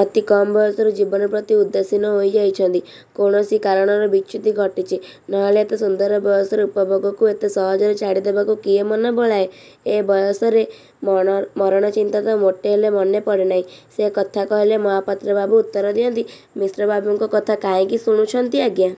ଅତି କମ୍ ବୟସରୁ ଜୀବନ ପ୍ରତି ଉଦାସୀନ ହୋଇଯାଇଛନ୍ତି। କୌଣସି କାରଣରୁ ବିଚ୍ୟୁତି ଘଟିଛି। ନହେଲେ ଏତେ ସୁନ୍ଦର ବୟସର ଉପଭୋଗକୁ ଏତେ ସହଜରେ ଛାଡ଼ି ଦେବାକୁ କିଏ ମନ ବଳାଏ? ଏ ବୟସରେ ମରଣ-ଚିନ୍ତା ତ ମୋଟେ ହେଲେ ମନେ ପଡ଼େନାହିଁ। ସେ କଥା କହିଲେ ମହାପାତ୍ର ବାବୁ ଉତ୍ତର ଦିଅନ୍ତି, 'ମିଶ୍ରବାବୁଙ୍କ କଥା କାହିଁକି ଶୁଣିଛନ୍ତି ଆଜ୍ଞା!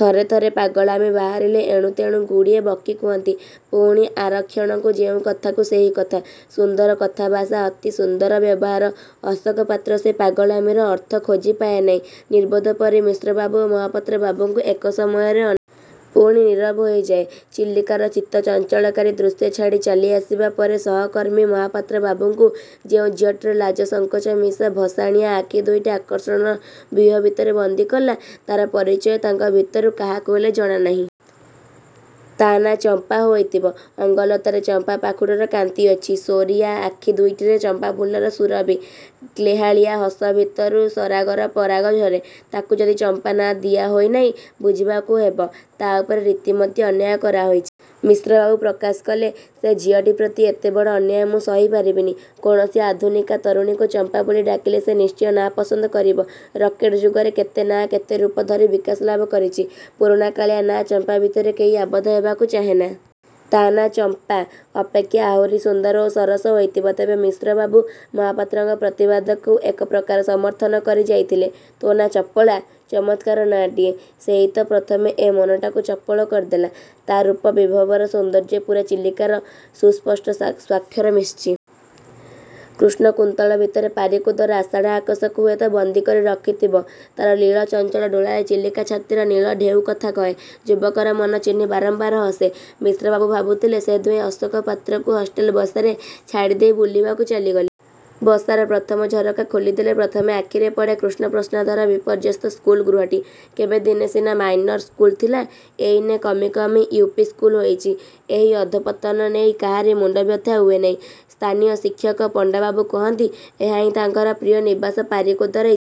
ଥରେ ଥରେ ପାଗଳାମୀ ବାହାରିଲେ ଏଣୁ ତେଣୁ ଗୁଡ଼ିଏ ବକି ହୁଅନ୍ତି। ପୁଣି ଆରକ୍ଷଣକୁ ଯେଉଁ କଥାକୁ ସେହି କଥା। ସୁନ୍ଦର କଥାଭାଷା, ଅତି ସୁନ୍ଦର ବ୍ୟବହାର। ' ଅଶୋକ ପାତ୍ର ସେ ପାଗଳାମୀର ଅର୍ଥ ଖୋଜି ପାଏ ନାହିଁ। ନିର୍ବୋଧପରି ମିଶ୍ରବାକୁ ଓ ମହାପାତ୍ର ବାବୁଙ୍କୁ ଏକ ସମୟରେ ଅନାଏ। ପୁଣି ନୀରବ ହୋଇଯାଏ। ଚିଲିକାର ଚିତ୍ତ-ଚଞ୍ଚଳକାରୀ ଦୃଶ୍ୟ ଛାଡ଼ି ଚାଲି ଆସିବା ପରେ ସହକର୍ମୀ ମହାପାତ୍ର ବାବୁଙ୍କୁ ଯେଉଁ ଝିଅଟିର ଲାଜ, ସଙ୍କୋଚ ମିଶା ଭସାଣିଆ ଆଖି ଦୁଇଟି ଆକର୍ଷଣର ବ୍ୟୁହ ଭିତରେ ବନ୍ଦୀ କଲା, ତାର ପରିଚୟ ତାଙ୍କ ଭିତରୁ କାହାକୁ ହେଲେ ଜଣା ନାହିଁ। ତା ନାଁ 'ଚମ୍ପା' ହୋଇଥିବ। ଅଙ୍ଗଲତାରେ ଚମ୍ପା ପାଖୁଡ ର କାନ୍ତି ଅଛି। ସୋରିଆ ଆଖି ଦୁଇଟିରେ ଚମ୍ପାଫୁଲର ସୁରଭି। ଗେହ୍ଲାଳିଆ ହସ ଭିତରୁ ସରାଗର ପରାଗ ଝରେ। ତାକୁ ଯଦି ଚମ୍ପା ନାଁ ଦିଆ ହୋଇନାହିଁ, ବୁଝିବାକୁ ହେବ। ତା' ଉପରେ ରୀତିମତ ଅନ୍ୟାୟ କରା ହୋଇଛି। ମିଶ୍ରବାକୁ ପ୍ରକାଶ କଲେ। ସେ ଝିଅଟି ପ୍ରତି ଏତେବଡ଼ ଅନ୍ୟାୟ ମୁଁ ସହି ପାରିବିନି। କୌଣସି ଆଧୁନିକା ତରୁଣୀକୁ ଚମ୍ପା ବୋଲି ଡାକିଲେ ସେ ନିଶ୍ଚୟ ନାପସନ୍ଦ କରିବ। ରକେଟ୍ ଯୁଗରେ କେତେ ନାଁ କେତେ ରୂପ ଧରି ବିକାଶଲାଭ କରିଛି। ପୁରୁଣାକାଳିଆ ନାଁ 'ଚମ୍ପା' ଭିତରେ କେହି ଆବଦ୍ଧ ହେବାକୁ ଚାହେଁନା। ତା' ନାଁ 'ଚମ୍ପା' ଅପେକ୍ଷା ଆହୁରି ସୁନ୍ଦର ଓ ସରସ ହୋଇଥିବ। ତେବେ? ମିଶ୍ରବାବୁ ମହାପାତ୍ରଙ୍କ ପ୍ରତିବାଦକୁ ଏକ ପ୍ରକାର ସମର୍ଥନ କରି ଯାଇଥିଲେ-। 'ତୋ' ନାଁ ଚପଳା। ' ଚମତ୍କାର ନାଁଟିଏ। ସେଇ ତ ପ୍ରଥମେ ଏ ମନଟାକୁ ଚପଳ କରିଦେଲା। ତା' ରୂପ ବିଭବରେ ସୌନ୍ଦର୍ଯ୍ୟପୂରା ଚିଲିକାର ସୁସ୍ପଷ୍ଟ ସ୍ୱାକ୍ଷର ମିଶିଛି। କୃଷ୍ଣ କୁନ୍ତଳ ଭିତରେ ପାରିକୁଦର ଆଷାଢ଼ ଆକାଶକୁ ହୁଏତ ବନ୍ଦୀ କରି ରଖିଥିବ। ତାର ଲୀଳା ଚଞ୍ଚଳ ଡୋଳାରେ ଚିଲିକା-ଛାତିର-ନୀଳ-ଢେଉ କଥା କହେ। ଯୁବକର ମନ ଚିହ୍ନି ବାରମ୍ବାର ହସେ। ମିଶ୍ରବାବୁ ଭାବୁଥିଲେ। ସେ ଦୁହେଁ ଅଶୋକ ପାତ୍ରକୁ ହଷ୍ଟେଲ ବସାରେ ଛାଡ଼ିଦେଇ ବୁଲିବାକୁ ଚାଲିଗଲେ। ବସାର ପ୍ରଥମ ଝରକା ଖୋଲିଦେଲେ ପ୍ରଥମେ ଆଖିରେ ପଡ଼େ କୃଷ୍ଣପ୍ରସାଦର ବିପର୍ଯ୍ୟସ୍ତ ସ୍କୁଲ ଗୃହଟି। କେବେ ଦିନେ ସିନା ମାଇନର ସ୍କୁଲ ଥିଲା, ଏଇନେ କମି କମି ୟୁ. ପି. ସ୍କୁଲ ହୋଇଛି। ଏହି ଅଧୋପତନ ନେଇ କାହାରି ମୁଣ୍ଡବ୍ୟଥା ହୁଏନାହିଁ। ସ୍ଥାନୀୟ ଶିକ୍ଷକ ପଣ୍ଡାବାବୁ କହନ୍ତି, ଏହାହିଁ ତାଙ୍କରି ପ୍ରିୟ-ନିବାସ ପାରିକୁଦର ଇତିବୃତ୍ତି।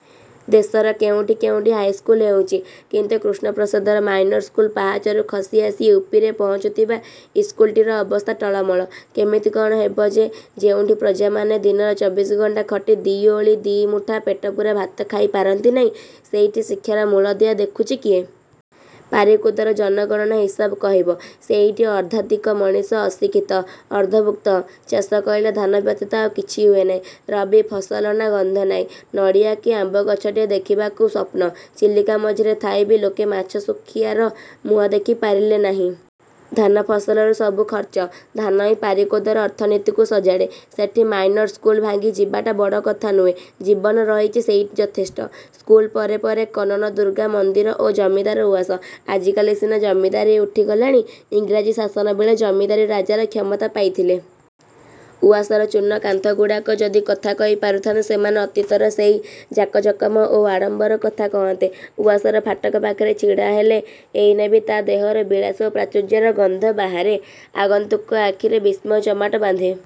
ଦେଶର କେଉଁଠି କେଉଁଠି ହାଇସ୍କୁଲ ହେଉଛି। କିନ୍ତୁ କୃଷ୍ଣପ୍ରସାଦର 'ମାଇନର-ସ୍କୁଲ-ପାହାଚରୁ ଖସି-ଆସି ୟୁ. ପି. ରେ ପହୁଞ୍ଚିଥିବା' ଇସ୍କୁଲଟିର ଅବସ୍ଥା ଟଳମଳ। କେମିତି କଣ ହେବ ଯେ? ଯେଉଁଠି ପ୍ରଜାମାନେ ଦିନର ଚବିଶି ଘଣ୍ଟା ଖଟି ଦି' ଓଳି ଦି' ମୁଠା ପେଟପୁରା ଭାତ ଖାଇ ପାରନ୍ତି ନାହିଁ; ସେଇଠି ଶିକ୍ଷାର ମୂଳଦୁଆ ଦେଖୁଛି କିଏ? ପାରିକୁଦର ଜନଗଣନା ହିସାବ କହିବ, ସେଇଠି ଅର୍ଦ୍ଧାଧିକ ମଣିଷ ଅଶିକ୍ଷିତ; ଅର୍ଦ୍ଧଭୂକ୍ତ। ଚାଷ କହିଲେ ଧାନ ବ୍ୟତୀତ ଆଉ କିଛି ହୁଏ ନାହିଁ। ରବି ଫସଲ ନାଁ ଗନ୍ଧ ନାହିଁ। ନଡ଼ିଆ କି ଆମ୍ବ ଗଛଟିଏ ଦେଖିବାକୁ ସ୍ୱପ୍ନ। ଚିଲିକା ମଝିରେ ଥାଇ ବି ଲୋକେ ମାଛ ଶୁଖିଆର ମୁହଁ ଦେଖି ପାରିଲେ ନାହିଁ। ଧାନ ଫସଲରୁ ସବୁ ଖର୍ଚ୍ଚ। ଧାନହିଁ ପାରିକୁଦର ଅର୍ଥନୀତିକୁ ସଜାଡ଼େ। ସେଠି ମାଇନରସ୍କୁଲ ଭାଙ୍ଗି ଯିବାଟା ବଡ଼ କଥା ନୁହେଁ। ଜୀବନ ରହିଛି, ସେଇ ଯଥେଷ୍ଟ। ସ୍କୁଲ ପରେ ପରେ କନକ-ଦୁର୍ଗା ମନ୍ଦିର ଓ ଜମିଦାର ଉଆସ। ଆଜିକାଲି ସିନା ଜମିଦାରୀ ଉଠି ଗଲାଣି, ଇଂରାଜୀ ଶାସନ ବେଳେ ଜମିଦାର ରାଜାର କ୍ଷମତା ପାଇଥିଲେ। ଉଆସର ଚୂନ କାନ୍ଥଗୁଡ଼ାକ ଯଦି କଥା କହି ପାରୁଥାନ୍ତେ, ସେମାନେ ଅତୀତର ସେହି ଜାକଜକମ ଓ ଆଡ଼ମ୍ବର କଥା କହନ୍ତେ। ଉଆସର ଫାଟକ ପାଖରେ ଛିଡ଼ା ହେଲେ, ଏଇନେ ବି ତା' ଦେହରୁ ବିଳାସ ଓ ପ୍ରାଚୁର୍ଯ୍ୟର ଗନ୍ଧ ବାହାରେ। ଆଗନ୍ତୁକ ଆଖିରେ ବିସ୍ମୟ ଜମାଟ ବାନ୍ଧେ।